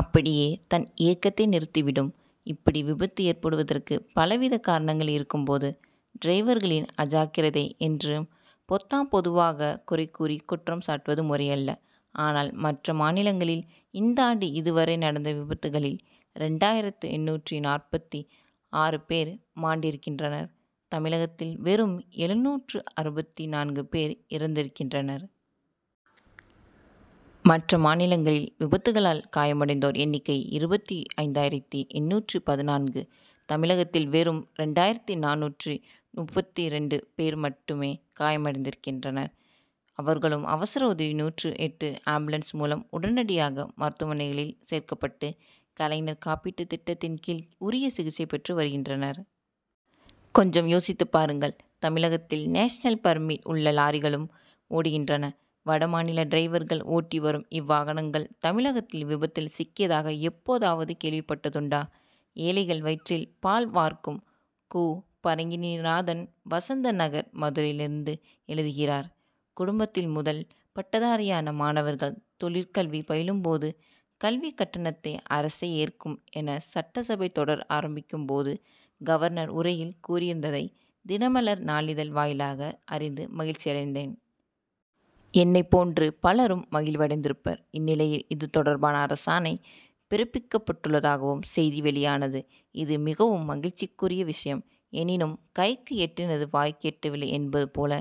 அப்படியே தன் இயக்கத்தை நிறுத்தி விடும். இப்படி விபத்து ஏற்படுவதற்கு பலவித காரணங்கள் இருக்கும்போது டிரைவர்களின் அஜாக்கிரதை என்று பொத்தாம் பொதுவாக குறை கூறி குற்றம் சாட்டுவது முறையல்ல. ஆனால் மற்ற மாநிலங்களில் இந்தாண்டு இதுவரை நடந்த விபத்துகளில் இரண்டாயிரத்து எண்ணூற்று நாற்பத்தி ஆறு பேர் மாண்டிருக்கின்றனர் தமிழகத்தில் வெறும் எழுநூற்று அறுபத்தி நான்கு பேர் இறந்திருக்கின்றனர். மற்ற மாநிலங்களில் விபத்துகளால் காயமடைந்தோர் எண்ணிக்கை இருபத்தி ஐந்தாயிரத்து எண்ணூற்று பதினான்கு தமிழகத்தில் வெறும் இரண்டாயிரத்து நானூற்று முப்பத்தி இரண்டு பேர் மட்டுமே காயமடைந்திருக்கின்றனர். அவர்களும் அவசர உதவி நூற்று எட்டு ஆம்புலன்ஸ் மூலம் உடனடியாக மருத்துவமனைகளில் சேர்க்கப்பட்டு கலைஞர் காப்பீட்டுத் திட்டத்தின் கீழ் உரிய சிகிச்சை பெற்று வருகின்றனர். கொஞ்சம் யோசித்துப் பாருங்கள் தமிழகத்தில் நேஷனல் பர்மிட் உள்ள லாரிகளும் ஓடுகின்றன. வட மாநில டிரைவர்கள் ஓட்டிவரும் இவ்வாகனங்கள் தமிழகத்தில் விபத்தில் சிக்கியதாக எப்போதாவது கேள்விப்பட்டதுண்டா? ஏழைகள் வயிற்றில் பால் வார்க்கும்! கோ. பரங்கிரிநாதன் வசந்த நகர் மதுரையிலிருந்து எழுதுகிறார் குடும்பத்தில் முதல் பட்டதாரியான மாணவர்கள் தொழிற்கல்வி பயிலும்போது கல்விக் கட்டணத்தை அரசே ஏற்கும் என சட்டசபை தொடர் ஆரம்பிக்கும் போது கவர்னர் உரையில் கூறியிருந்ததை தினமலர் நாளிதழ் வாயிலாக அறிந்து மகிழ்ச்சியடைந்தேன். என்னைப் போன்று பலரும் மகிழ்வடைந்திருப்பர். இந்நிலையில் இது தொடர்பான அரசாணை பிறப்பிக்கப்பட்டுள்ளதாகவும் செய்தி வெளியானது இது மிகவும் மகிழ்ச்சிக்குரிய விஷயம். எனினும் கைக்கு எட்டினது வாய்க்கு எட்டவில்லை என்பது போல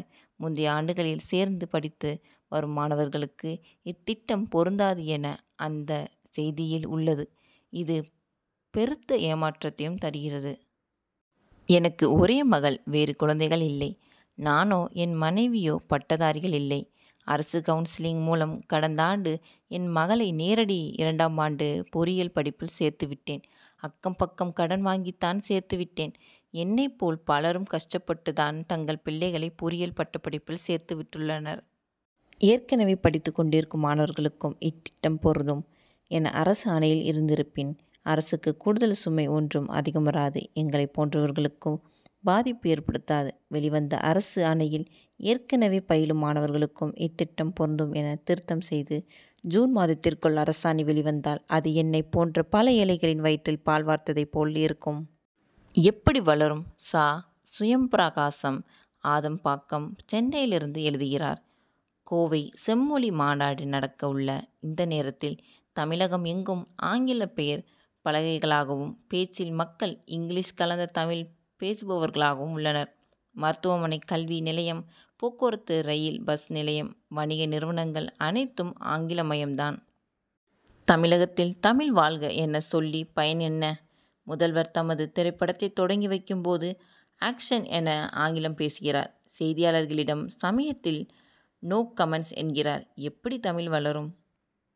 முந்தைய ஆண்டுகளில் சேர்ந்து படித்து வரும் மாணவர்களுக்கு இத் திட்டம் பொருந்தாது என அந்த செய்தியில் உள்ளது இது பெருத்த ஏமாற்றத்தையும் தருகிறது. எனக்கு ஒரே மகள் வேறு குழந்தைகள் இல்லை. நானோ என் மனைவியோ பட்டதாரிகள் இல்லை. அரசு கவுன்சிலிங் மூலம் கடந்தாண்டு என் மகளை நேரடி இரண்டாமாண்டு பொறியியல் படிப்பில் சேர்த்து விட்டேன். அக்கம் பக்கம் கடன் வாங்கித்தான் சேர்த்துவிட்டேன். என்னைப் போல் பலரும் கஷ்டப்பட்டுதான் தங்கள் பிள்ளைகளை பொறியியல் பட்டப்படிப்பில் சேர்த்து விட்டுள்ளனர். ஏற்கனவே படித்துக் கொண்டிருக்கும் மாணவர்களுக்கும் இத்திட்டம் பொருந்தும் என அரசு ஆணையில் இருந்திருப்பின் அரசுக்கு கூடுதல் சுமை ஒன்றும் அதிகமிராது எங்களைப் போன்றவர்களுக்கும் பாதிப்பு ஏற்படுத்தாது. வெளிவந்த அரசு ஆணையில் ஏற்கனவே பயிலும் மாணவர்களுக்கும் இத்திட்டம் பொருந்தும் என திருத்தம் செய்து ஜூன் மாதத்திற்குள் அரசாணை வெளிவந்தால் அது என்னைப் போன்ற பல ஏழைகளின் வயிற்றில் பால் வார்த்ததைப் போல் இருக்கும். எப்படி வளரும்? சா. சுயம்பிரகாசம் ஆதம் பாக்கம் சென்னையிலிருந்து எழுதுகிறார் கோவை செம்மொழி மாநாடு நடக்க உள்ள இந்த நேரத்தில் தமிழகம் எங்கும் ஆங்கில பெயர்ப் பலகைகளாகவும் பேச்சில் மக்கள் இங்கிலீஷ் கலந்த தமிழ் பேசுபவர்களாகவும் உள்ளனர். மருத்துவமனை கல்வி நிலையம் போக்குவரத்து ரயில் பஸ் நிலையம் வணிக நிறுவனங்கள் அனைத்தும் ஆங்கில மயம் தான். தமிழகத்தில் தமிழ் வாழ்க என சொல்லி பயன் என்ன? முதல்வர் தமது திரைப்படத்தை தொடங்கி வைக்கும் போது ஆக்ஷன் என ஆங்கிலம் பேசுகிறார். செய்தியாளர்களிடம் சமயத்தில் நோ கமென்ட்ஸ் என்கிறார். எப்படி தமிழ் வளரும்?